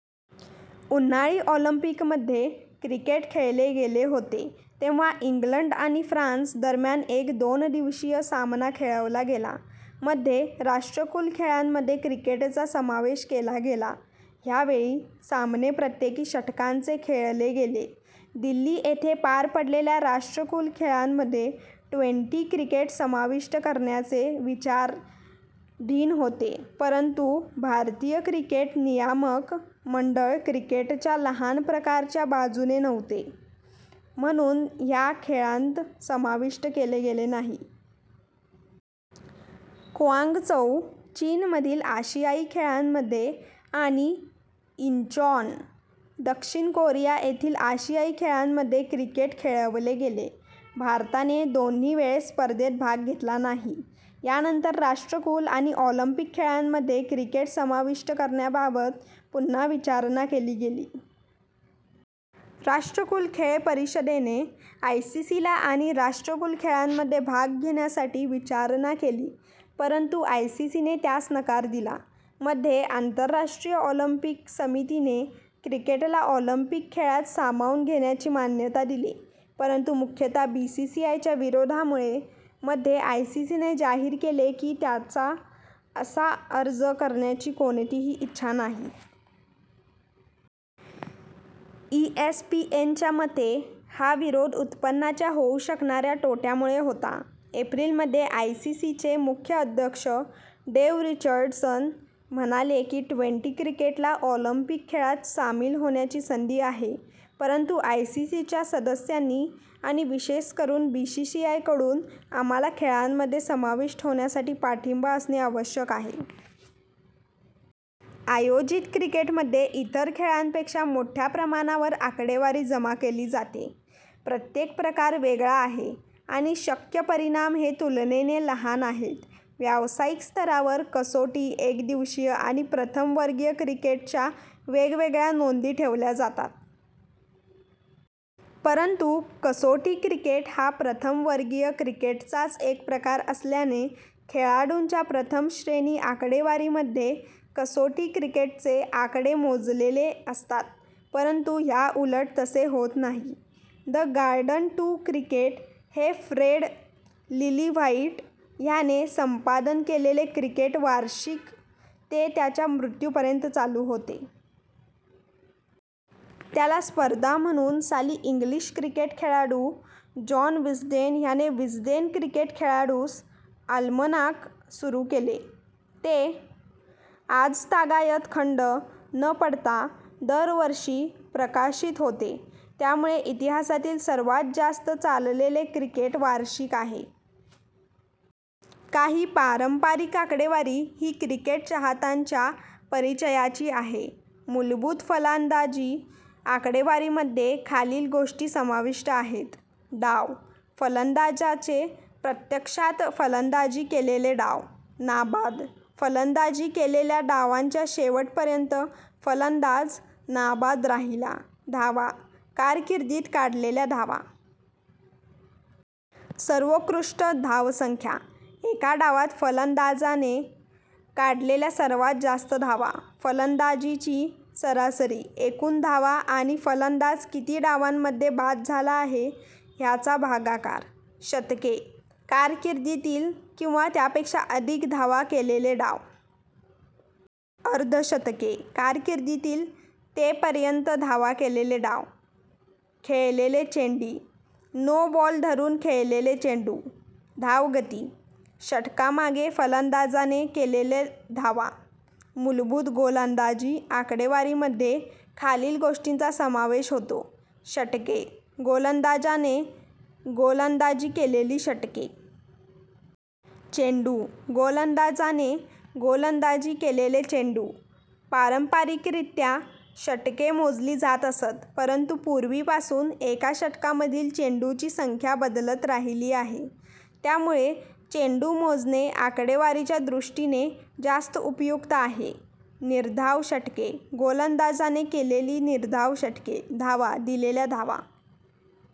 : उन्हाळी ऑलिंपिकमध्ये क्रिकेट खेळले गेले होते, तेव्हा इंग्लंड आणि फ्रान्स दरम्यान एक दोन-दिवसीय सामना खेळवला गेला. मध्ये, राष्ट्रकुल खेळांमध्ये क्रिकेटचा समावेश केला गेला, ह्यावेळी सामने प्रत्येकी -षटकांचे खेळले गेले. दिल्ली येथे पार पडलेल्या राष्ट्रकुल खेळांमध्ये ट्वेंटी क्रिकेट समाविष्ट करण्याचे विचाराधीन होते, परंतु भारतीय क्रिकेट नियामक मंडळ क्रिकेटच्या लहान प्रकाराच्या बाजूने नव्हते, म्हणून ते ह्या खेळांत समाविष्ट केले गेले नाही.। क्वांगचौ, चीन मधील आशियाई खेळांमध्ये आणि इंचॉन, दक्षिण कोरिया येथील आशियाई खेळांमध्ये क्रिकेट खेळवले गेले. भारताने दोन्ही वेळेस स्पर्धेत भाग घेतला नाही. यानंतर राष्ट्रकुल आणि ऑलिंपिक खेळांमध्ये क्रिकेट समाविष्ट करण्याबाबद पुन्हा विचारणा केली गेली. राष्ट्रकुल खेळ परिषदेने आयसीसीला आणि राष्ट्रकुल खेळांमध्ये भाग घेण्यासाठी विचारणा केली परंतु आयसीसीने त्यास नकार दिला. मध्ये, आंतरराष्ट्रीय ऑलिंपिक समितीने क्रिकेटला ऑलिंपिक खेळात सामावून घेण्याची मान्यता दिली, परंतु मुख्यतः बीसीसीआयच्या विरोधामुळे, मध्ये आयसीसीने जाहीर केले की त्यांचा असा अर्ज करण्याची कोणतीही इच्छा नाही. ईएसपीएन च्या मते हा विरोध उत्पन्नाच्या होऊ शकणाऱ्या तोट्यामुळे होता. एप्रिल मध्ये आयसीसचे मुख्य अध्यक्ष डेव्ह रिचर्डसन म्हणाले की, ट्वेंटी क्रिकेटला ऑलिंपिक खेळात सामील होण्याची संधी आहे, परंतु आयसीसीच्या सदस्यांनी आणि विशेषकरून बीसीसीआयकडून आम्हाला खेळांमध्ये समाविष्ट होण्यासाठी पाठिंबा असणे आवश्यक आहे. आयोजित क्रिकेटमध्ये इतर खळांपेक्षा मोठ्या प्रमाणावर आकडेवारी जमा केली जाते. प्रत्येक प्रकार वेगळा आहे आणि शक्य परिणाम हे तुलनेने लहान आहेत. व्यावसायिक स्तरावर, कसोटी, एकदिवसीय आणि प्रथम वर्गीय क्रिकेटच्या वेगवेगळ्या नोंदी ठेवल्या जातात. परंतु कसोटी क्रिकेट हा प्रथम वर्गीय क्रिकेटचाच एक प्रकार असल्याने खेळाडूंच्या प्रथम-श्रेणी आकडेवारीमध्ये कसोटी क्रिकेटचे आकडे मोजलेले असतात परंतु ह्याउलट तसे होत नाही. द गाईड टू क्रिकेट हे फ्रेड लिलीव्हाईट ह्याने संपादन केलेले क्रिकेट वार्षिक ते त्याच्या मृत्यु पर्यंत चालू होते. त्याला स्पर्धा म्हणून साली इंग्लिश क्रिकेट खेळाडू जॉन विस्डेन ह्याने विस्डेन क्रिकेट खेळाडू्स अल्मनाक सुरू केले. ते आजतागायत खंड न पडता दर वर्षी प्रकाशित होते. त्यामुळे ते इतिहासातील सर्वात जास्त चाललेले क्रिकेट वार्षिक आहे. काही पारंपारिक आकडेवारी ही क्रिकेट चाहत्यांच्या परिचयाची आहे. मूलभूत फलंदाजी आकडेवारीमध्ये खालील गोष्टी समाविष्ट आहेत: डाव: फलंदाजाने प्रत्यक्षात फलंदाजी केलेले डाव. नाबाद: फलंदाजी केलेल्या डावांच्या शेवटापर्यंत फलंदाज नाबाद राहिला. धावा: कारकिर्दीत काढलेल्या धावा. सर्वोत्कृष्ट धावसंख्या: एका डावात फलंदाजाने काढलेल्या सर्वात जास्त धावा. फलंदाजीची सरासरी: एकूण धावा आणि फलंदाज किती डावांमध्ये बाद झाला आहे, ह्याचा भागाकार. शतके: कारकिर्दीतील किंवा त्यापेक्षा अधिक धावा केलेले डाव. अर्धशतके: कारकिर्दीतील ते पर्यंत धावा केलेले डाव.. खेळलेले चेंडी :नो बॉल धरून खेळलेले चेंडू. धावगती: षटकामागे फलंदाजाने केलेल्या धावा. मूलभूत गोलंदाजी आकडेवारीमध्ये खालील गोष्टींचा समावेश होतो: षटके: गोलंदाजाने गोलंदाजी केलेली षटके. चेंडू: गोलंदाजाने गोलंदाजी केलेले चेंडू. पारंपरिकरित्या षटके मोजली जात असत, परंतु पूर्वीपासून एका षटकांमधील चेंडूंची संख्या बदलत राहिली आहे, त्यामुळे चेंडू मोजणे आकडेवारीच्या दृष्टीने जास्त उपयुक्त आहे. निर्धाव षटके: गोलंदाजाने केलेली निर्धाव षटके. धावा: दिलेल्या धावा.